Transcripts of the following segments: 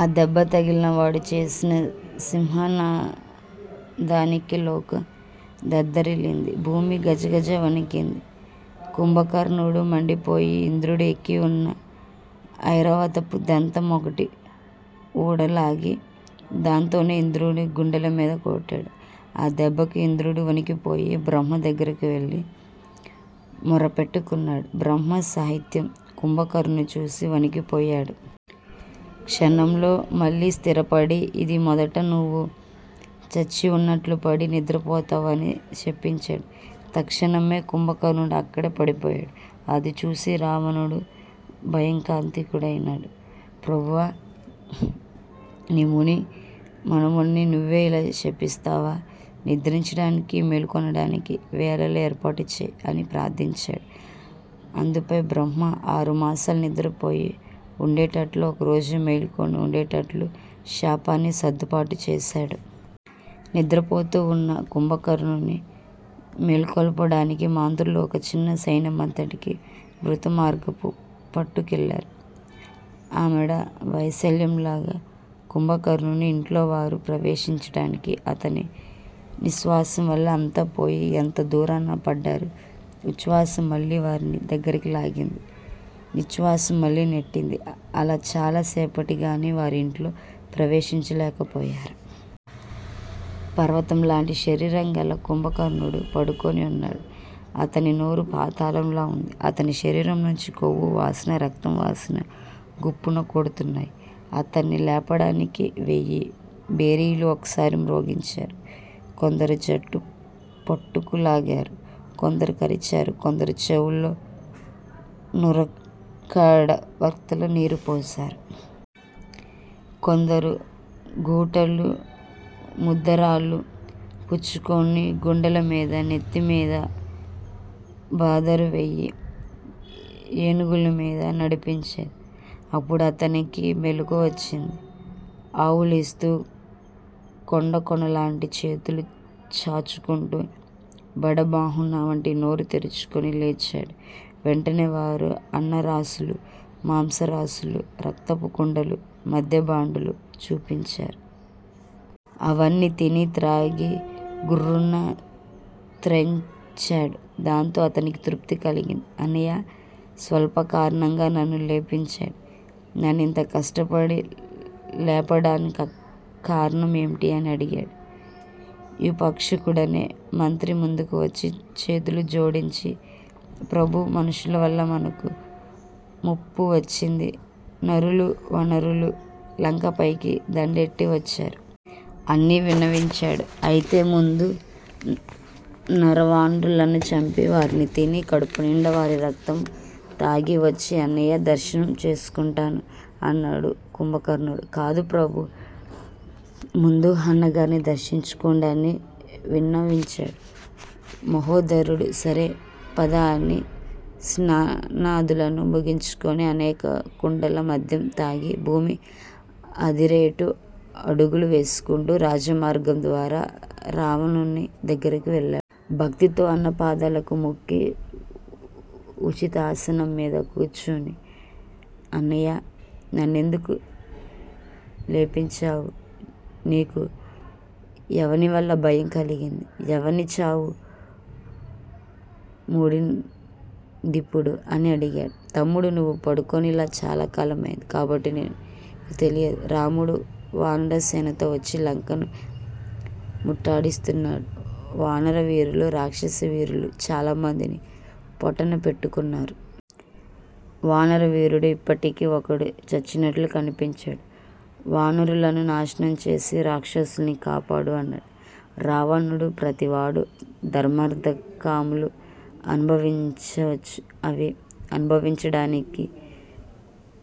ఆ దెబ్బతగిలి వాడు చేసిన సింహనాదానికి లోకం దద్దరిల్లింది. భూమి గజగజా వణికింది. కుంభకర్ణుడు మండిపోయి ఇంద్రుడు ఎక్కి వున్న ఐరావతపు దంతం ఒకటి ఊడలాగి దాంతోనే ఇంద్రుని గుండెలమీద కొట్టాడు. ఆ దెబ్బకు ఇంద్రుడు వణికిపోయి బ్రహ్మ దగ్గరకు వెళ్లి మొరపెట్టకున్నాడు. బ్రహ్మ సహితం కుంభకర్ణుణ్ణి చూసి వణికిపోయాడు. క్షణంలో మళ్లీ స్థిరపడి ఇది మొదట నువ్వు చచ్చినట్లుపడి నిద్రపోతావు అని శపించాడు. తక్షణమే కుంభకర్ణుడు అక్కడే పడిపోయాడు. అది చూసి రావణుడు భయకంపితుడైనాడు. ప్రభూ! నీ ముని మనుమణ్ని నువ్వే ఇలా శపిస్తావా? నిద్రించడానికి మేల్కొనడానికి వేళలు ఏర్పాట్లు చెయ్యి అని ప్రార్దించాడు. అందుపై బ్రహ్మ 'ఆరు మాసాలు నిద్రపోయి వుండేటట్లూ, ఒక్కరోజు మేలుకొని వుండేట్లూ, శాపాన్ని సర్దుపాటు చేశాడు. నిద్రపోతూ వున్న కుంభకర్ణుణ్ని మేల్కొల్పడానికి మంత్రులూ, ఒక చిన్న సైన్యమంతటి భృతవర్గమూ పట్టుకెళ్లారు. ఆమడ వైశాల్యంగల కుంభకర్ణుని ఇంట్లోవారు ప్రవేశించేటప్పటికి అతని నిశ్శ్వాసం వల్ల అంతా పోయి ఎంతో దూరాన పడ్డారు. ఉచ్చ్వాసం మళ్లీ వారిని దగ్గరికి లాగింది. నిశ్శ్వాసం మళ్లీ నెట్టింది. అలా చాలా సేపటికిగాని వారు ఇంట్లోకి ప్రవేశించలేకపోయారు. పర్వతంలాంటి శరీరంగల కుంభకర్ణుడు పడుకుని వున్నాడు. అతని నోరు పాతాళంలా వుంది. అతని శరీరం నుంచి కొవ్వు వాసనా, రక్తం వాసనా గుప్పున కొడుతున్నాయి. అతణ్ని లేపడానికి వెయ్యిభేరీలు ఒక్కసారి మ్రోగించారు. కొందరు జుట్టు పట్టుకులాగారు. కొందరు కరిచారు. కొందరు చెవుల్లో నూరుకడవల్తో నీరు పోశారు. కొందరు గూటలూ ముద్గరాలూ పుచ్చుకుని గుండెలమీదా నెత్తి మీదా బాదారు. వెయ్యి ఏనుగుల్ని మీద నడిపించారు. అప్పుడు అతనికి మెలకువ వచ్చింది. ఆవులిస్తూ, కొండకొనల్లాంటి చేతులు చాచుకుంటూ, బడబాముఖ వంటి నోరు తెరుచుకొని లేచాడు. వెంటనే వారు అన్నరాసులూ, మాంసరాసులూ, రక్తపు కుండలూ, మద్యభాండాలూ చూపించారు. అవన్నీ తిని త్రాగీ గుర్రున త్రేన్చాడు. దాంతో అతనికి తృప్తి కలిగింది. అన్నయ్య స్వల్పకారణంగా నన్ను లేపించాడు. నన్నింత కష్టపడి లేపడానిక్కారణం ఏమిటి? అని అడిగాడు. యూపాక్షుడనే మంత్రి ముందుకు వచ్చి చేతులు జోడించి ప్రభూ! మనుష్యులవల్ల మనకు ముప్పువచ్చింది. నరులూ, వానరులూ, లంక పైకి దండెత్తి వచ్చారు. ' అని విన్నవించాడు. అయితే ముందు నరవానరులను చంపి వారిని తిని కడుపునిండా వారి రక్తం తాగివచ్చి అన్నయ్య దర్శనం చేసుకుంటాను అన్నాడు కుంభకర్ణుడు. కాదు ప్రభూ! ముందు అన్నగారిని దర్శించుకోండి అని విన్నవించాడు మహోదరుడు. సరే, పద అని స్నానాదులు ముగించుకుని అనేక కుండల మద్యం తాగి భూమి అదిరేట్టు అడుగులు వేసుకుంటూ రాజమార్గం ద్వారా రావణుని దగ్గరకు వెళ్లాడు. భక్తితో అన్నపాదాలకు మొక్కి ఉచితాసనం మీద కూర్చుని అన్నయ్యా! నన్నెందుకు లేపించావు? నీకు ఎవనివల్ల భయం కలిగింది? ఎవనికి చావు మూడిందిప్పుడు? అని అడిగాడు. తమ్ముడూ! నువ్వు పడుకొనకి చాలాకాలం అయింది. కాబట్టి నీకు తెలియదు. రాముడు వానరసేనతో వచ్చి లంకను ముట్టడిస్తున్నాడు. వానరవీరులు రాక్షస వీరుల్ను చాలమందిని పొట్టనపెట్టుకున్నారు. వానర వీరుడు ఇప్పటికి ఒక్కడూ చచ్చినట్లు కనిపించదు. వానరులను నాశనం చేసి రాక్షసుల్ని కాపాడు అన్నాడు రావణుడు. ప్రతివాడూ ధర్మార్దకాము లు అనుభవించవచ్చు. అవి అనుభవించడానికి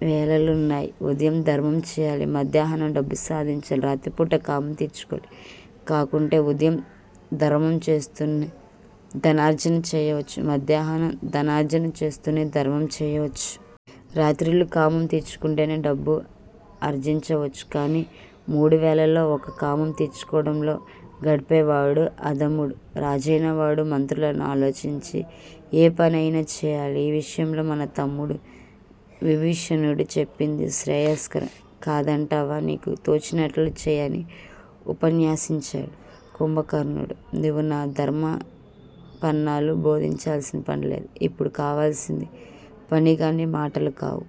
వేళలున్నాయి. ఉదయం ధర్మంచేయాలి. మధ్యాహ్నం డబ్బు సంపాదించాలి. రాత్రిపూట కామం తీర్చుకోవాలి. కాకుంటే ఉదయం ధర్మంచేస్తూనే ధనార్జనచేయవచ్చు. మధ్యాహ్నం ధనార్జనచేస్తూనే ధర్మం చేయవచ్చు. రాత్రిళ్ళు కామం తీర్చుకుంటూనే డబ్బు ఆర్జించవచ్చు. కాని మూడువేళలా ఒక్క కామం తీర్చుకోవడంలోన గడిపేవాడు అధముడు. రాజైనవాడు మంత్రులను ఆలోచించి ఏ పని అయినా చేయాలి. ఈ విషయంలో మన తమ్ముడు విభీషణుడు చెప్పింది శ్రేయస్కరం. కాదంటావా నీకు తోచినట్లు చెయ్యి అని ఉపన్యసించాడు కుంభకర్ణుడు. నువ్వు నాకు ధర్మపన్నాలు బోధించాల్సిన పనిలేదు. ఇప్పుడు కావాల్సింది. పనిగాని మాటలుకావు.